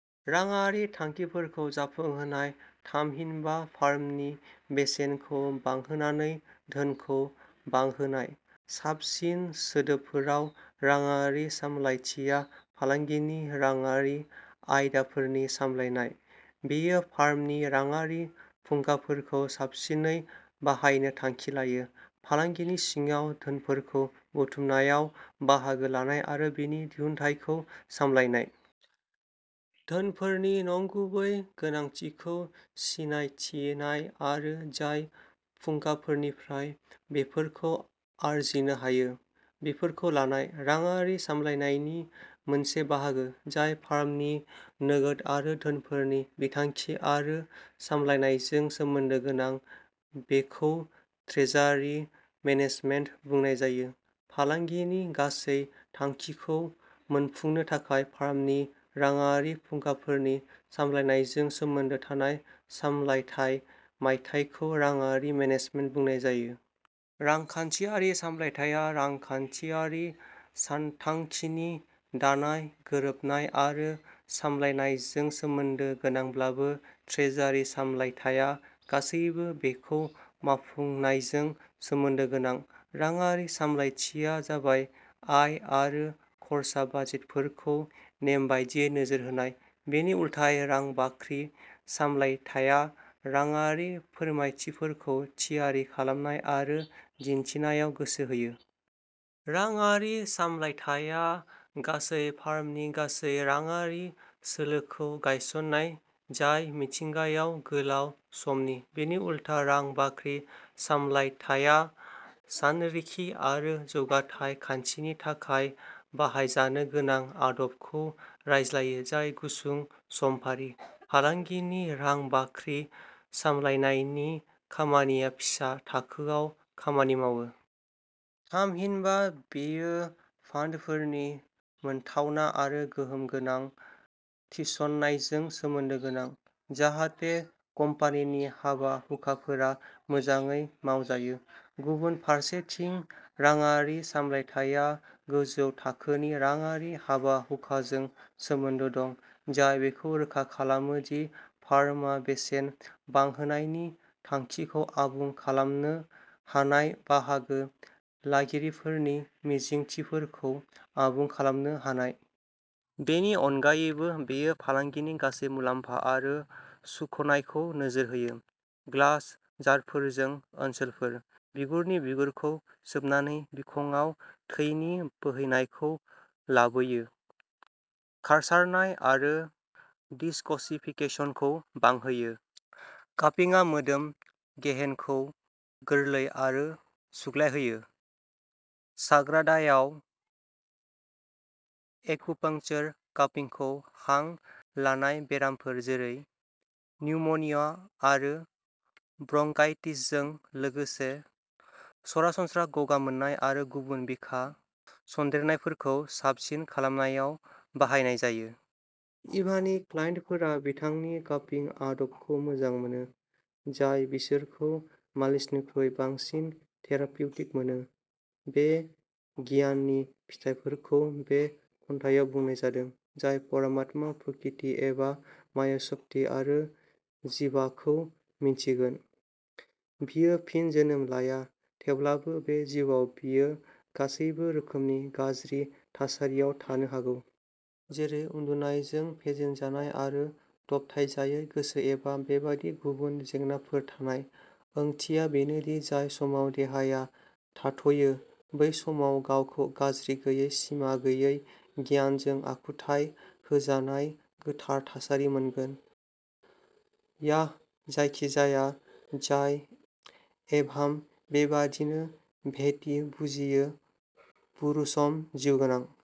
राङारि थांखिफोरखौ जाफुंहोनाय थामहिनबा फार्मनि बेसेनखौ बांहोनानै धोनखौ बांहोनाय। साबसिन सोदोबफोराव राङारि सामलायथिया फालांगिनि रांआरि आयदाफोरनि सामलायनाय। बेयो फार्मनि राङारि फुंखाफोरखौ साबसिनै बाहायनो थांखि लायो। फालांगिनि सिङाव धोनफोरखौ बुथुमनायाव बाहागो लानाय आरो बेनि दिहुनथायखौ सामलायनाय। धोनफोरनि नंगुबै गोनांथिखौ सिनायथिनाय आरो जाय फुंखाफोरनिफ्राय बेफोरखौ आरजिनो हायो। बेफोरखौ लानाय। राङारि सामलायनायनि मोनसे बाहागो। जाय फार्मनि नोगोद आरो धोनफोरनि बिथांखि आरो सामलायनायजों सोमोन्दो गोनां बेखौ ट्रेजारि मेनेजमेन्ट बुंनाय जायो। फालांगिनि गासै थांखिखौ मोनफुंनो थाखाय फार्मनि राङारि फुंखाफोरनि सामलायनायजों सोमोन्दो थानाय सामलायथाय मावथायखौ राङारि मेनेजमेन्ट बुंनाय जायो। रांखान्थियारि सामलायथाया रांखान्थियारि सानथांखिनि दानाय गोरोबनाय आरो सामलायनायजों सोमोन्दो गोनांब्लाबो ट्रेजारि सामलायथाया गासैबो बेखौ मावफुंनायजों सोमोन्दो गोनां। राङारि सामलायथिया जाबाय आय आरो खर्सा बाजेटफोरखौ नेमबादियै नोजोर होनाय। बेनि उल्थायै रां बाख्रि सामलायथाया राङारि फोरमायथिफोरखौ थियारि खालामनाय आरो दिन्थिनायाव गोसो होयो। राङारि सामलायथाया गासै फार्मनि गासै राङारि सोलोखौ गायसननाय जाय मिथिंगायाव गोलाव समनि। बिनि उलथा रां बाख्रि सामलायथाया सानरिखि आरो जौगाथाय खान्थिनि थाखाय बाहायजानो गोनां आदबखौ रायज्लायो जाय गुसुं समफारि। फालांगिनि रां बाख्रि सामलायनायनि खामानिया फिसा थाखोआव खामानि मावो। थामहिनबा बेयो फान्डफोरनि मोनथावना आरो गोहोम गोनां थिसननायजों सोमोन्दो गोनां। जाहाथे कम्पानिनि हाबा-हुखाफोरा मोजाङै मावजायो। गुबुन फारसेथिं राङारि सामलायथाया गोजौ थाखोनि राङारि हाबा-हुखाजों सोमोन्दो दं। जाय बेखौ रोखा खालामो दि फार्मआ बेसेन बांहोनायनि थांखिखौ आबुं खालामनो हानाय बाहागो लागिरिफोरनि मिजिंथिफोरखौ आबुं खालामनो हानाय। बेनि अनगायैबो बेयो फालांगिनि गासै मुलाम्फा आरो सुख'नायखौ नोजोर होयो। ग्लास जारफोरजों ओनसोलफोर। बिगुरनि बिगुरखौ सोबनानै बिखंआव थैनि बोहैनायखौ लाबोयो खारसारनाय आरो दिसकसिफिकेसनखौ बांहोयो। कापिंआ मोदोम गेहेनखौ गोरलै आरो सुग्लायहोयो। साग्रादायाव एक्युपंक्चर कापिंखौ हां लानाय बेरामफोर जेरै निउम'निया आरो ब्रंकाइटिसजों लोगोसे सरासनस्रा गगा मोननाय आरो गुबुन बिखा सन्देरनायफोरखौ साबसिन खालामनायाव बाहायनाय जायो। इभानि क्लाइन्टफोरा बिथांनि कापिं आदबखौ मोजां मोनो। जाय बिसोरखौ मालिसनिख्रुइ बांसिन थेरापिउटिक मोनो। बे गियाननि फिथाइफोरखौ बे खन्थाइआव बुंनाय जादों। जाय परमात्मा प्रकृति एबा माया शक्ति आरो जिबाखौ मिन्थिगोन। बियो फिन जोनोम लाया थेवब्लाबो बे जिउआव बियो गासैबो रोखोमनि गाज्रि थासारियाव थानो हागौ। जेरै उन्दुनायजों फेजेनजानाय आरो दबथायजायै गोसो एबा बेबादि गुबुन जेंनाफोर थानाय। ओंथिया बेनो दि जाय समाव देहाया थाथ'यो। बै समाव गावखौ गाज्रि गैयै सिमा गैयै गियानजों आखुथाइ होजानाय गोथार थासारि मोनगोन। याह जायखिजाया जाय एभाम बेबादिनो भेटि बुजियो पुरुसम जिउगोनां